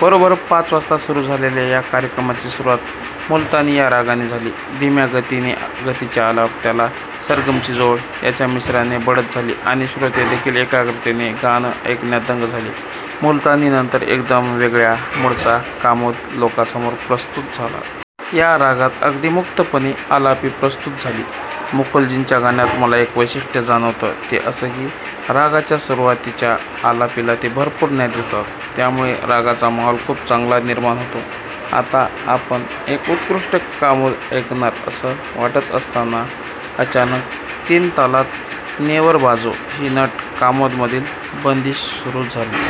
बरोबर पाच वाजता सुरु झालेल्या कार्यक्रमाची सुरुवात मुलतानी या रागाने झाली. धीम्या गतीचे आलाप, त्याला सरगमची जोड याच्या मिश्रणाने बढत झाली आणि श्रोते देखील एकाग्रतेने गाणं ऐकण्यात दंग झाले. मुलतानी नंतर एकदम वेगळ्या 'मूड'चा 'कामोद' लोकांसमोर प्रस्तुत झाला. या रागात अगदी मुक्तपणे आलापी प्रस्तुत झाली. मुकुलजींच्या गाण्यात मला एक वैशिष्ट्य जाणवतं ते असं की रागाच्या सुरुवातीच्या आलापीला ते भरपूर न्याय देतात. त्यामुळे रागाचा माहोल खूप चांगला निर्माण होतो. आता आपण एक उत्कृष्ट कामोद ऐकणार असं वाटत असता अचानक तीनतालात 'नेवर बाजो' ही नट कामोद मधील बंदिश सुरु झाली.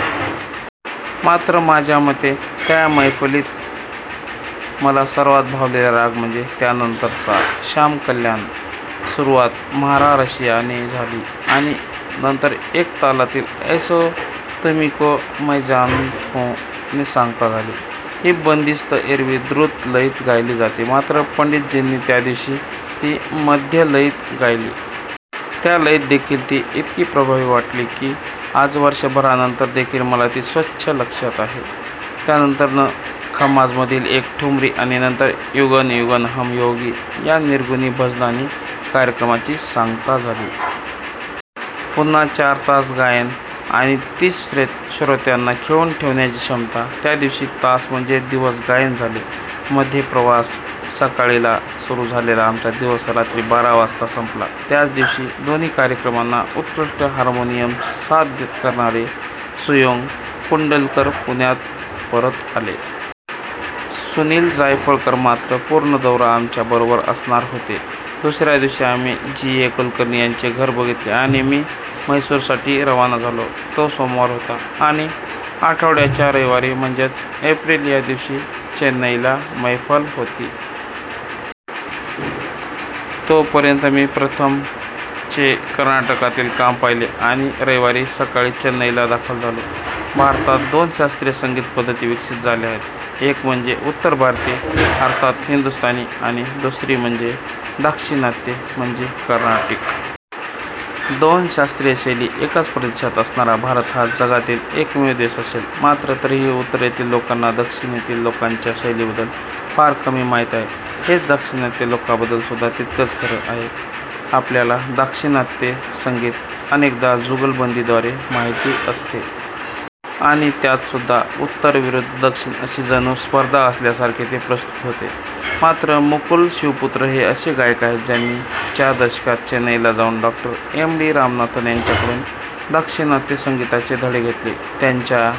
मात्र माझ्यामते त्या मैफलीत मला सर्वात भावलेला राग म्हणजे त्या नंतरचा 'शाम-कल्याण. ' सुरुवात 'म्हारा रसिया' ने झाली आणि नंतर एकतालातील 'ऐसो तुमी को मै जानत हूँ' ने सांगता झाली. ही बंदिश एरवी द्रुत लयीत गायली जाते मात्र पंडितजींनी त्यादिवशी ती मध्यलयीत गायली. त्या लयीत देखील ती इतकी प्रभावी वाटली की आज वर्षभरा नंतर देखील मला ती स्वच्छ लक्षात आहे. त्या नंतर खमाज मधील एक ठुमरी आणि नंतर 'युगन युगन हम योगी' या निर्गुणी भजनाने कार्यक्रमाची सांगता झाली. पुन्हा चार तास गायन आणि तीच श्रोत्यांना खिळवून ठेवण्याची क्षमता. त्या दिवशी तास, म्हणजे दिवस गायन झाले. मध्ये प्रवास. सकाळी ला सुरु झालेला आमचा दिवस रात्री बारा वाजता संपला. त्याच दिवशी दोन्ही कार्यक्रमांना उत्कृष्ट हार्मोनियम साथ करणारे सुयोग कुंडलकर पुण्याला परत आले. सुनील जायफळकर मात्र पूर्ण दौरा आमच्या बरोबर असणार होते. दुसऱ्या दिवशी आम्ही जी. ए कुलकर्णी यांचे घर बघितले आणि मी मैसूरसाठी रवाना झालो. तो सोमवार होता आणि आठवड्याच्या रविवारी म्हणजेच एप्रिल या दिवशी चेन्नईला मैफल होती. तो पर्यंत मी 'प्रथम' चे कर्नाटकातले काम पाहिले आणि रविवारी सकाळी चेन्नईला दाखल झालो. भारतात दोन शास्त्रीय संगीत पद्धती विकसित झाल्या आहेत एक म्हणजे उत्तर भारतीय, अर्थात हिंदुस्थानी आणि दुसरी दाक्षिणात्य म्हणजे कर्नाटिक. दोन शास्त्रीय शैली एकाच प्रदेशात असणारा भारत हा जगातील एकमेव देश असेल. मात्र तरीही उत्तरेतील लोकांना दक्षिणेतील लोकांच्या शैलीबद्दल फार कमी माहिती आहे. हेच दाक्षिणात्य लोकांबद्दल सुद्धा तितकंच खरं आहे. आपल्याला दाक्षिणात्य संगीत अनेकदा जुगलबंदी द्वारे माहिती असते. आणि त्यात सुद्धा 'उत्तर वि दक्षिण' अशी जणू स्पर्धा असल्यासारखे ते प्रस्तुत होते. मात्र मुकुल शिवपुत्र हे असे गायक आहेत ज्यांनी च्या दशकात चेन्नईला जाऊन डॉ. एम डी रामनाथन यांच्याकडून दाक्षिणात्य संगीताचे धडे घेतले. त्यांच्या